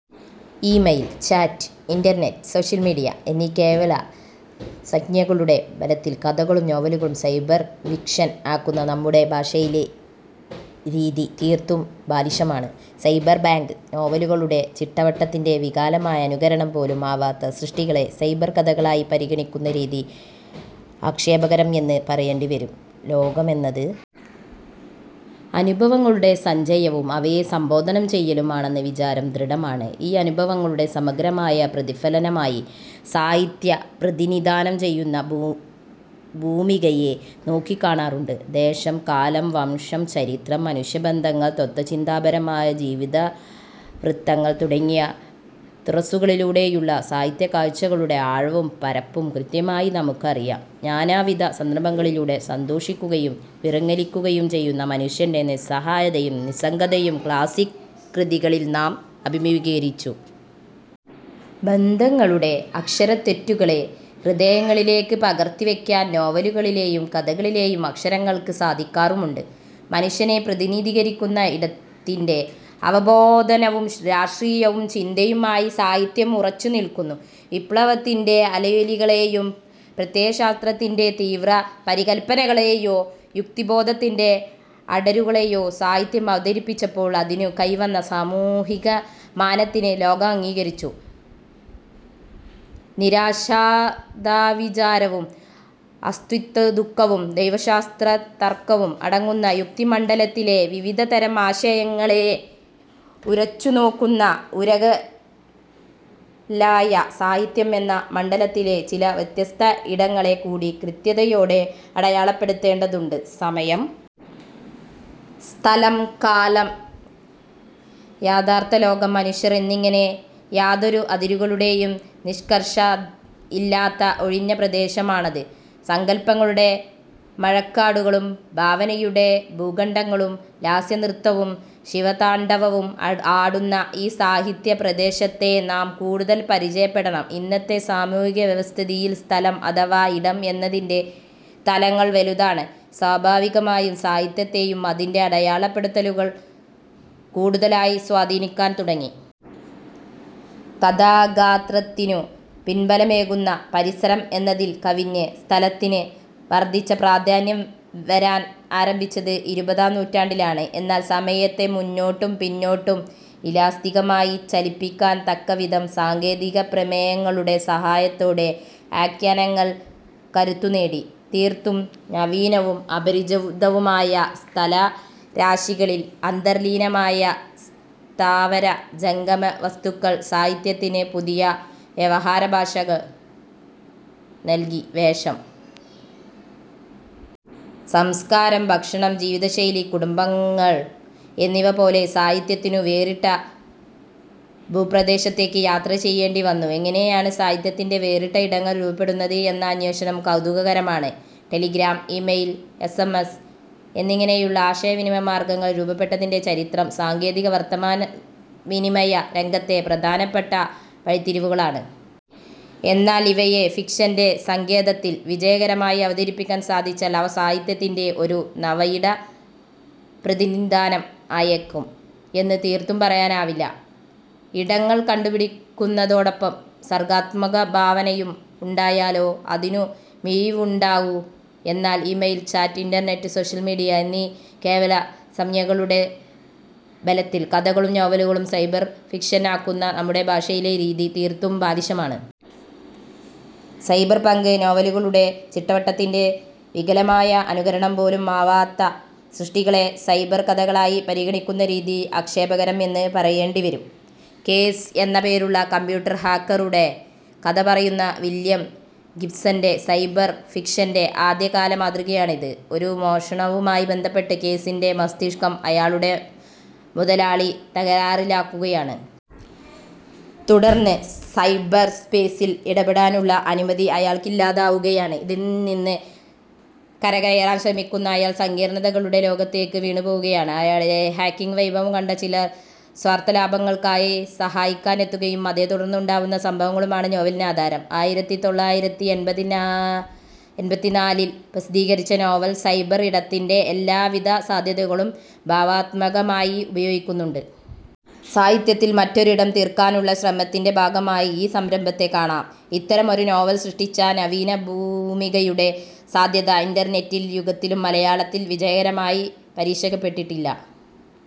Email, chat, internet, social media എന്നീ കേവല സംജ്ഞകളുടെ ബലത്തിൽ കഥകളും നോവലുകളും സൈബർ ഫിക്ഷൻ ആക്കുന്ന നമ്മുടെ ഭാഷയിലെ രീതി തീർത്തും ബാലിശമാണ്. സൈബർപങ്ക് നോവലുകളുടെ ചിട്ടവട്ടത്തിൻ്റെ വികലമായ അനുകരണം പോലും ആവാത്ത സൃഷ്ടികളെ സൈബർ കഥകളായി പരിഗണിക്കുന്ന രീതി ആക്ഷേപകരം എന്ന് പറയേണ്ടിവരും. ലോകമെന്നത് അനുഭവങ്ങളുടെ സഞ്ചയവും അവയെ സംബോധന ചെയ്യലും ആണെന്ന വിചാരം ദൃഢമാണ്. ഈ അനുഭവങ്ങളുടെ സമഗ്രമായ പ്രതിഫലനമായി സാഹിത്യം പ്രതിനിധാനം ചെയ്യുന്ന ഭൂമികയെ നോക്കിക്കാണാറുണ്ട്. ദേശം, കാലം, വംശം, ചരിത്രം, മനുഷ്യബന്ധങ്ങൾ, തത്ത്വചിന്താപരമായ ജീവിതവൃത്തങ്ങൾ തുടങ്ങിയ തുറസ്സുകളിലൂടെയുള്ള സാഹിത്യകാഴ്ചകളുടെ ആഴവും പരപ്പും കൃത്യമായി നമുക്ക് അറിയാം. നാനാവിധ സന്ദർഭങ്ങളിലൂടെ സന്തോഷിക്കുകയും വിറങ്ങലിക്കുകയും ചെയ്യുന്ന മനുഷ്യൻ്റെ നിസ്സഹായതയും നിസ്സംഗതയും ക്ലാസിക് കൃതികളിൽ നാം അഭിമുഖീകരിച്ചു. ബന്ധങ്ങളുടെ അക്ഷരത്തെറ്റുകളെ ഹൃദയങ്ങളിലേക്ക് പകർത്തിവയ്ക്കാൻ നോവലുകളിലെയും കഥകളിലെയും അക്ഷരങ്ങൾക്ക് സാധിക്കാറുമുണ്ട്. മനുഷ്യനെ പ്രതിനിധീകരിക്കുന്ന ഇടത്തിൻ്റെ അവബോധവും രാഷ്ട്രീയവും ചിന്തയും ആയി സാഹിത്യം ഉറച്ചുനിൽക്കുന്നു. വിപ്ലവത്തിൻ്റെ അലയൊലികളെയോ പ്രത്യയശാസ്ത്രത്തിൻ്റെ തീവ്ര പരികൽപനകളെയോ യുക്തിബോധത്തിൻ്റെ അടരുകളെയോ സാഹിത്യം അവതരിപ്പിച്ചപ്പോൾ അതിനു കൈവന്ന സാമൂഹികമാനത്തിനെ ലോകം അംഗീകരിച്ചു. നിരാശതാവിചാരവും അസ്തിത്വദുഃഖവും ദൈവശാസ്ത്രതർക്കവും അടങ്ങുന്ന യുക്തിമണ്ഡലത്തിലെ വിവിധതരം ആശയങ്ങളെ ഉരച്ചുനോക്കുന്ന ഉരകല്ലായ സാഹിത്യം എന്ന മണ്ഡലത്തിലെ ചില വ്യത്യസ്ത ഇടങ്ങളെ കൂടി കൃത്യതയോടെ അടയാളപ്പെടുത്തേണ്ടതുണ്ട്. സമയം, സ്ഥലം, കാലം, യഥാർഥലോകം, മനുഷ്യർ എന്നിങ്ങനെ യാതൊരു അതിരുകളുടെയും നിഷ്കർഷ ഇല്ലാത്ത ഒഴിഞ്ഞ പ്രദേശമാണത്. സങ്കൽപ്പങ്ങളുടെ മഴക്കാടുകളും ഭാവനയുടെ ഭൂഖണ്ഡങ്ങളും ലാസ്യനൃത്തവും ശിവതാണ്ഡവവും ആടുന്ന ഈ സാഹിത്യ പ്രദേശത്തെ നാം കൂടുതൽ പരിചയപ്പെടണം. ഇന്നത്തെ സാമൂഹികവ്യവസ്ഥിതിയിൽ സ്ഥലം അഥവാ ഇടം എന്നതിൻ്റെ തലങ്ങൾ വലുതാണ്. സ്വാഭാവികമായും സാഹിത്യത്തെയും അതിൻ്റെ അടയാളപ്പെടുത്തലുകൾ കൂടുതലായി സ്വാധീനിക്കാൻ തുടങ്ങി. കഥാഗാത്രത്തിനു പിൻബലമേകുന്ന പരിസരം എന്നതിൽ കവിഞ്ഞ് സ്ഥലത്തിന് വർധിച്ച പ്രാധാന്യം വരാൻ ആരംഭിച്ചത് ഇരുപതാം നൂറ്റാണ്ടിലാണ്. എന്നാൽ സമയത്തെ മുന്നോട്ടും പിന്നോട്ടും ഇലാസ്തികമായി ചലിപ്പിക്കാൻ തക്കവിധം സാങ്കേതികപ്രമേയങ്ങളുടെ സഹായത്തോടെ ആഖ്യാനങ്ങൾ കരുത്തുനേടി. തീർത്തും നവീനവും അപരിചിതവുമായ സ്ഥലരാശികളിൽ അന്തർലീനമായ സ്ഥാവര ജംഗമ വസ്തുക്കൾ സാഹിത്യത്തിന് പുതിയ വ്യവഹാരഭാഷ്യങ്ങൾ നൽകി. വേഷം, സംസ്കാരം, ഭക്ഷണം, ജീവിതശൈലി, കുടുംബബന്ധങ്ങൾ എന്നിവ പോലെ സാഹിത്യത്തിനും വേറിട്ട ഭൂപ്രദേശത്തേക്ക് യാത്ര ചെയ്യേണ്ടിവന്നു. എങ്ങനെയാണ് സാഹിത്യത്തിൻ്റെ വേറിട്ട ഇടങ്ങൾ രൂപപ്പെടുന്നത് എന്ന അന്വേഷണം കൗതുകകരമാണ്. Telegram, email, S M S എന്നിങ്ങനെയുള്ള ആശയവിനിമയ മാർഗങ്ങൾ രൂപപ്പെട്ടതിൻ്റെ ചരിത്രം സാങ്കേതിക വാർത്താവിനിമയ രംഗത്തെ പ്രധാനപ്പെട്ട വഴിത്തിരിവുകളാണ്. എന്നാലിവയെ ഫിക്ഷൻ്റെ സങ്കേതത്തിൽ വിജയകരമായി അവതരിപ്പിക്കാൻ സാധിച്ചാൽ അവ സാഹിത്യത്തിൻ്റെ ഒരു നവയിട പ്രതിനിധാനം ആയേക്കും എന്ന് തീർത്തും പറയാനാവില്ല. ഇടങ്ങൾ കണ്ടുപിടിക്കുന്നതോടൊപ്പം സർഗാത്മകഭാവനയും ഉണ്ടായാലേ അതിനു മിഴിവുണ്ടാകൂ. എന്നാൽ email, chat, internet, social media എന്നീ കേവല സംജ്ഞകളുടെ ബലത്തിൽ കഥകളും നോവലുകളും സൈബർ ഫിക്ഷൻ ആക്കുന്ന നമ്മുടെ ഭാഷയിലെ രീതി തീർത്തും ബാലിശമാണ്. സൈബർപങ്ക് നോവലുകളുടെ ചിട്ടവട്ടത്തിൻ്റെ വികലമായ അനുകരണം പോലും ആവാത്ത സൃഷ്ടികളെ സൈബർ കഥകളായി പരിഗണിക്കുന്ന രീതി ആക്ഷേപകരം എന്ന് പറയേണ്ടിവരും. കേസ് എന്ന പേരുള്ള കമ്പ്യൂട്ടർ ഹാക്കറുടെ കഥ പറയുന്ന വില്യം ഗിബ്സൻ്റെ സൈബർ ഫിക്ഷൻ്റെ ആദ്യകാല മാതൃകയാണ് ഇത്. ഒരു മോഷണവുമായി ബന്ധപ്പെട്ട് കേസിൻ്റെ മസ്തിഷ്കം അയാളുടെ മുതലാളി തകരാറിലാക്കുകയാണ്. തുടർന്ന് സൈബർസ്പേസിൽ ഇടപെടാനുള്ള അനുമതി അയാൾക്ക് ഇല്ലാതാവുകയാണ്. ഇതിൽനിന്ന് കരകയറാൻ ശ്രമിക്കുന്ന അയാൾ സങ്കീർണതകളുടെ ലോകത്തേക്ക് വീണുപോകുകയാണ്. അയാളിലെ ഹാക്കിങ് വൈഭവം കണ്ട ചിലർ സ്വാർഥലാഭങ്ങൾക്കായി സഹായിക്കാനെത്തുകയും അതേ തുടർന്ന് ഉണ്ടാവുന്ന സംഭവങ്ങളുമാണ് നോവലിന് ആധാരം. ആയിരത്തി തൊള്ളായിരത്തി എൺപത്തിനാലിൽ പ്രസിദ്ധീകരിച്ച നോവൽ സൈബർ ഇടത്തിൻ്റെ എല്ലാ വിധ സാധ്യതകളും ഭാവനാത്മകമായി ഉപയോഗിക്കുന്നുണ്ട്. സാഹിത്യത്തിൽ മറ്റൊരു ഇടം തീർക്കാനുള്ള ശ്രമത്തിൻ്റെ ഭാഗമായി ഈ സംരംഭത്തെ കാണാം. ഇത്തരമൊരു നോവൽ സൃഷ്ടിച്ച നവീന ഭൂമികയുടെ സാധ്യത ഇന്റർനെറ്റിൻ്റെ യുഗത്തിലും മലയാളത്തിൽ വിജയകരമായി പരീക്ഷിക്കപ്പെട്ടില്ല.